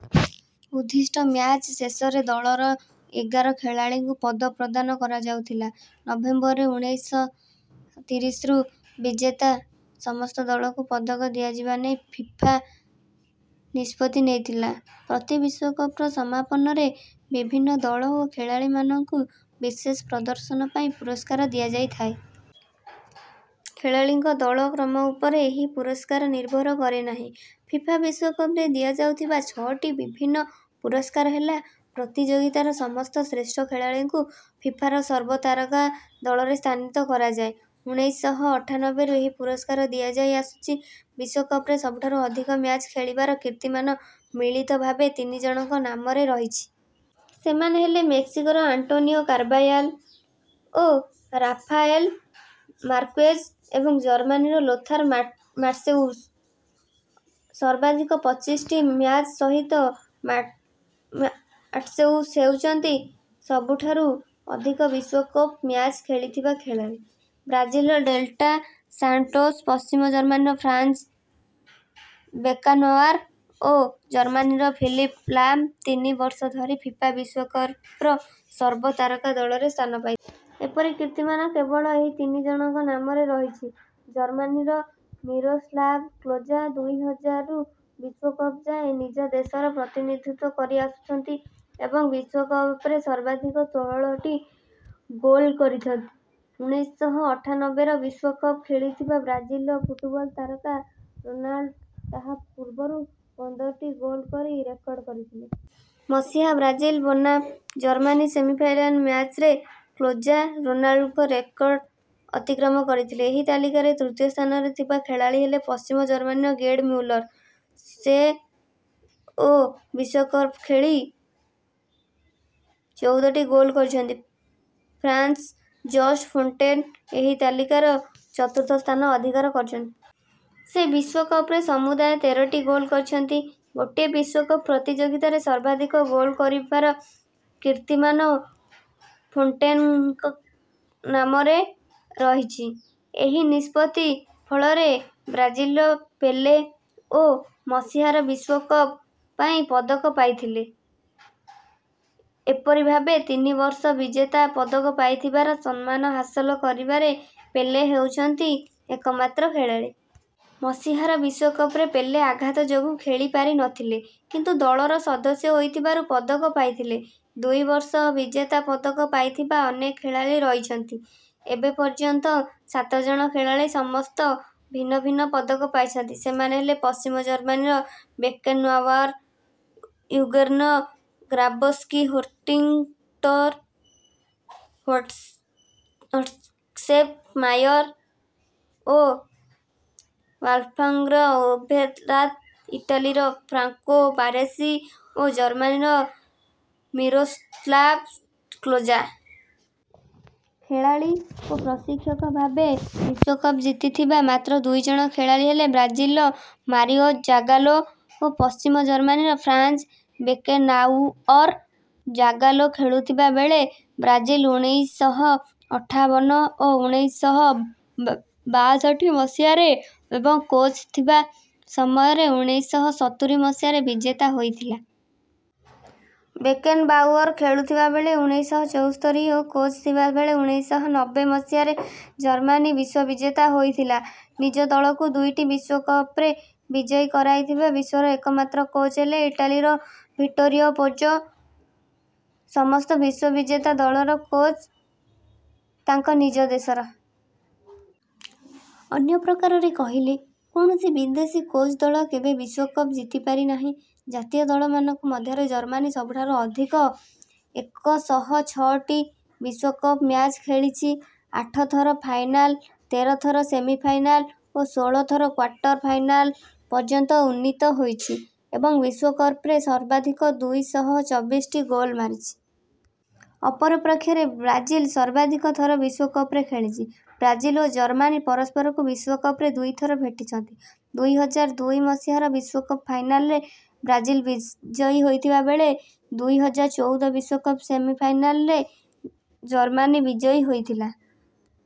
ଉଦ୍ଦିଷ୍ଟ ମ୍ୟାଚ୍ ଶେଷରେ ଦଳର ଏଗାର ଖେଳାଳୀଙ୍କୁ ପଦକ ପ୍ରଦାନ କରାଯାଉଥିଲା। ନଭେମ୍ବରରେ ଉଣେଇଶ ଶହ ତିରିଶରୁ ବିଜେତା ସମସ୍ତ ଦଳକୁ ପଦକ ଦିଆଯିବା ନେଇ ଫିଫା ନିଷ୍ପତ୍ତି ନେଇଥିଲା। ପ୍ରତି ବିଶ୍ୱକପର ସମାପନରେ ବିଭିନ୍ନ ଦଳ ଓ ଖେଳାଳୀମାନଙ୍କୁ ବିଶେଷ ପ୍ରଦର୍ଶନ ପାଇଁ ପୁରସ୍କାର ଦିଆଯାଇଥାଏ। ଖେଳାଳୀଙ୍କ ଦଳର କ୍ରମ ଉପରେ ଏହି ପୁରସ୍କାର ନିର୍ଭର କରେନାହିଁ। ଫିଫା ବିଶ୍ୱକପରେ ଦିଆଯାଉଥିବା ଛଅଟି ବିଭିନ୍ନ ପୁରସ୍କାର ହେଲା ପ୍ରତିଯୋଗିତାର ସମସ୍ତ ଶ୍ରେଷ୍ଠ ଖେଳାଳୀଙ୍କୁ ଫିଫାର ସର୍ବତାରକା ଦଳରେ ସ୍ଥାନୀତ କରାଯାଇଥାଏ। ଉଣେଇଶ ଶହ ଅଠାନବେରୁ ଏହି ପୁରସ୍କାର ଦିଆଯାଇ ଆସୁଛି। ବିଶ୍ୱକପରେ ସବୁଠାରୁ ଅଧିକ ମ୍ୟାଚ୍ ଖେଳିବାର କିର୍ତ୍ତୀମାନ ମିଳିତ ଭାବେ ତିନି ଜଣଙ୍କ ନାମରେ ରହିଛି। ସେମାନେ ହେଲେ ମେକ୍ସିକୋର ଆଣ୍ଟୋନିଓ କାର୍ବାୟାଲ୍ ଓ ରାଫାଏଲ୍ ମାର୍କ୍ୱେଜ୍ ଏବଂ ଜର୍ମାନୀର ଲୋଥାର୍ ମାଟ୍ହେଉସ୍। ସର୍ବାଧିକ ପଚିଶଟି ମ୍ୟାଚ୍ ସହିତ ମାଟ୍ହେଉସ୍ ହେଉଛନ୍ତି ସବୁଠାରୁ ଅଧିକ ବିଶ୍ୱକପ ମ୍ୟାଚ୍ ଖେଳିଥିବା ଖେଳାଳୀ। ବ୍ରାଜିଲର ଡେଲ୍ମା ସାଣ୍ଟୋସ୍ ପଶ୍ଚିମ ଜର୍ମାନୀର ଫ୍ରାଂଜ୍ ବେକେନ୍ବାଉଅର୍ ଓ ଜର୍ମାନୀର ଫିଲିପ୍ ଲାମ୍ ତିନି ବର୍ଷ ଧରି ଫିଫା ବିଶ୍ୱକପର ସର୍ବତାରକା ଦଳରେ ସ୍ଥାନ ପାଇଥିଲେ। ଏପରି କୀର୍ତ୍ତିମାନ କେବଳ ଏହି ତିନିଜଣଙ୍କ ନାମରେ ରହିଛି। ଜର୍ମାନୀର ମିରୋସ୍ଲାଭ୍ କ୍ଲୋଜା ଦୁଇ ହଜାର ଦୁଇରୁ ବିଶ୍ୱକପ ଯାଏଁ ନିଜ ଦେଶର ପ୍ରତିନିଧିତ୍ୱ କରି ଆସିଛନ୍ତି ଏବଂ ବିଶ୍ୱକପରେ ସର୍ବାଧିକ ଷୋହଳଟି ଗୋଲ୍ କରିଛନ୍ତି। ଉଣେଇଶ ଶହ ଅଠାନବେର ବିଶ୍ୱକପ ଖେଳିଥିବା ବ୍ରାଜିଲର ଫୁଟବଲ୍ ତାରକା ରୋନାଲ୍ଡୋ ତାହା ପୂର୍ବରୁ ପନ୍ଦରଟି ଗୋଲ୍ କରି ରେକର୍ଡ଼୍ କରିଥିଲେ। ମସିହା ବ୍ରାଜିଲ୍ ବନାମ ଜର୍ମାନୀ ସେମିଫାଇନାଲ୍ ମ୍ୟାଚ୍ରେ କ୍ଲୋଜା ରୋନାଲ୍ଡୋଙ୍କ ରେକର୍ଡ଼୍ ଅତିକ୍ରମ କରିଥିଲେ। ଏହି ତାଲିକାରେ ତୃତୀୟ ସ୍ଥାନରେ ରହିଥିବା ଖେଳାଳୀ ହେଲେ ପଶ୍ଚିମ ଜର୍ମାନୀର ଗେର୍ଡ୍ ମ୍ୟୁଲର୍। ସେ ଓ ବିଶ୍ୱକପ ଖେଳି ଚଉଦଟି ଗୋଲ୍ କରିଛନ୍ତି। ଫ୍ରାଂସ୍ର ଜଷ୍ଟ୍ ଫୋଣ୍ଟେନ୍ ଏହି ତାଲିକାର ଚତୁର୍ଥ ସ୍ଥାନ ଅଧିକାର କରିଛନ୍ତି। ସେ ବିଶ୍ୱକପରେ ସମୁଦାୟ ତେରଟି ଗୋଲ୍ କରିଛନ୍ତି। ଗୋଟିଏ ବିଶ୍ୱକପ ପ୍ରତିଯୋଗିତାରେ ସର୍ବାଧିକ ଗୋଲ କରିବାର କୀର୍ତ୍ତିମାନ ଫୋଣ୍ଟେନ୍ଙ୍କ ନାମରେ ରହିଛି। ଏହି ନିଷ୍ପତ୍ତି ଫଳରେ ବ୍ରାଜିଲର ପେଲେ ଓ ମସିହାର ବିଶ୍ୱକପ ପାଇଁ ପଦକ ପାଇଥିଲେ। ଏପରି ଭାବେ ତିନି ବର୍ଷ ବିଜେତା ପଦକ ପାଇଥିବାର ସମ୍ମାନ ହାସଲ କରିବାରେ ପେଲେ ହେଉଛନ୍ତି ଏକମାତ୍ର ଖେଳାଳୀ। ମସିହାର ବିଶ୍ୱକପରେ ପେଲେ ଆଘାତ ଯୋଗୁଁ ଖେଳିପାରି ନଥିଲେ କିନ୍ତୁ ଦଳର ସଦସ୍ୟ ହୋଇଥିବାରୁ ପଦକ ପାଇଥିଲେ। ଦୁଇ ବର୍ଷ ବିଜେତା ପଦକ ପାଇଥିବା ଅନେକ ଖେଳାଳୀ ରହିଛନ୍ତି। ଏବେ ପର୍ଯ୍ୟନ୍ତ ସାତ ଜଣ ଖେଳାଳୀ ସମସ୍ତ ଭିନ୍ନ ପଦକ ପାଇଛନ୍ତି। ସେମାନେ ହେଲେ ପଶ୍ଚିମ ଜର୍ମାନୀର Beckenbauer Jürgen Grabowski Horst Dieter Höttges Sepp Maier ଓ ୱୁଲ୍ଫ୍ଗାଂଗ୍ ଓଭେରାଥ୍ ଇଟାଲୀର ଫ୍ରାଂକୋ ବାରେସି ଓ ଜର୍ମାନୀର ମିରୋସ୍ଲାଭ୍ କ୍ଲୋଜା। ଖେଳାଳୀ ଓ ପ୍ରଶିକ୍ଷକ ଭାବେ ବିଶ୍ୱକପ ଜିତିଥିବା ମାତ୍ର ଦୁଇ ଜଣ ଖେଳାଳୀ ହେଲେ ବ୍ରାଜିଲର ମାରିଓ ଜାଗାଲୋ ଓ ପଶ୍ଚିମ ଜର୍ମାନୀର ଫ୍ରାଂଜ୍ ବେକେନ୍ବାଉଅର୍। ଜାଗାଲୋ ଖେଳୁଥିବା ବେଳେ ବ୍ରାଜିଲ୍ ଉଣେଇଶ ଶହ ଅଠାବନ ଓ ଉଣେଇଶ ଶହ ବାଷଠି ମସିହାରେ ଏବଂ କୋଚ୍ ଥିବା ସମୟରେ ଉଣେଇଶ ଶହ ସତୁରି ମସିହାରେ ବିଜେତା ହୋଇଥିଲା । ବେକେନ୍‍ବାଉଅର୍ ଖେଳୁଥିବା ବେଳେ ଉଣେଇଶ ଶହ ଚଉସ୍ତରୀ ଓ କୋଚ୍ ଥିବା ବେଳେ ଉଣେଇଶ ଶହ ନବ୍ବେ ମସିହାରେ ଜର୍ମାନୀ ବିଶ୍ୱବିଜେତା ହୋଇଥିଲା। ନିଜ ଦଳକୁ ଦୁଇଟି ବିଶ୍ୱକପରେ ବିଜୟୀ କରାଇଥିବା ବିଶ୍ୱର ଏକମାତ୍ର କୋଚ୍ ହେଲେ ଇଟାଲୀର ଭିଟ୍ଟୋରିଓ ପୋଜ୍ଜୋ। ସମସ୍ତ ବିଶ୍ୱବିଜେତା ଦଳର କୋଚ୍ ତାଙ୍କ ନିଜ ଦେଶର। ଅନ୍ୟ ପ୍ରକାରରେ କହିଲେ କୌଣସି ବିଦେଶୀ କୋଚ୍ଙ୍କ ଦଳ କେବେ ବିଶ୍ୱକପ ଜିତିପାରି ନାହିଁ। ଜାତୀୟ ଦଳମାନଙ୍କ ମଧ୍ୟରେ ଜର୍ମାନୀ ସବୁଠାରୁ ଅଧିକ ଏକ ଶହ ଛଅଟି ବିଶ୍ୱକପ ମ୍ୟାଚ୍ ଖେଳିଛି ଆଠ ଥର ଫାଇନାଲ୍ ତେର ଥର ସେମିଫାଇନାଲ୍ ଓ ଷୋହଳ ଥର କ୍ୱାର୍ଟର୍ ଫାଇନାଲ୍ ପର୍ଯ୍ୟନ୍ତ ଉନ୍ନୀତ ହୋଇଛି ଏବଂ ବିଶ୍ୱକପରେ ସର୍ବାଧିକ ଦୁଇ ଶହ ଚବିଶଟି ଗୋଲ୍ ମାରିଛି। ଅପର ପକ୍ଷରେ ବ୍ରାଜିଲ୍ ସର୍ବାଧିକ ଥର ବିଶ୍ୱକପରେ ଖେଳିଛି। ବ୍ରାଜିଲ ଓ ଜର୍ମାନୀ ପରସ୍ପରକୁ ବିଶ୍ୱକପରେ ଦୁଇଥର ଭେଟିଛନ୍ତି। ଦୁଇ ହଜାର ଦୁଇ ମସିହାର ବିଶ୍ୱକପ ଫାଇନାଲରେ ବ୍ରାଜିଲ୍ ବିଜୟୀ ହୋଇଥିବା ବେଳେ ଦୁଇ ହଜାର ଚଉଦ ବିଶ୍ୱକପ ସେମିଫାଇନାଲ୍‍ରେ ଜର୍ମାନୀ ବିଜୟୀ ହୋଇଥିଲା।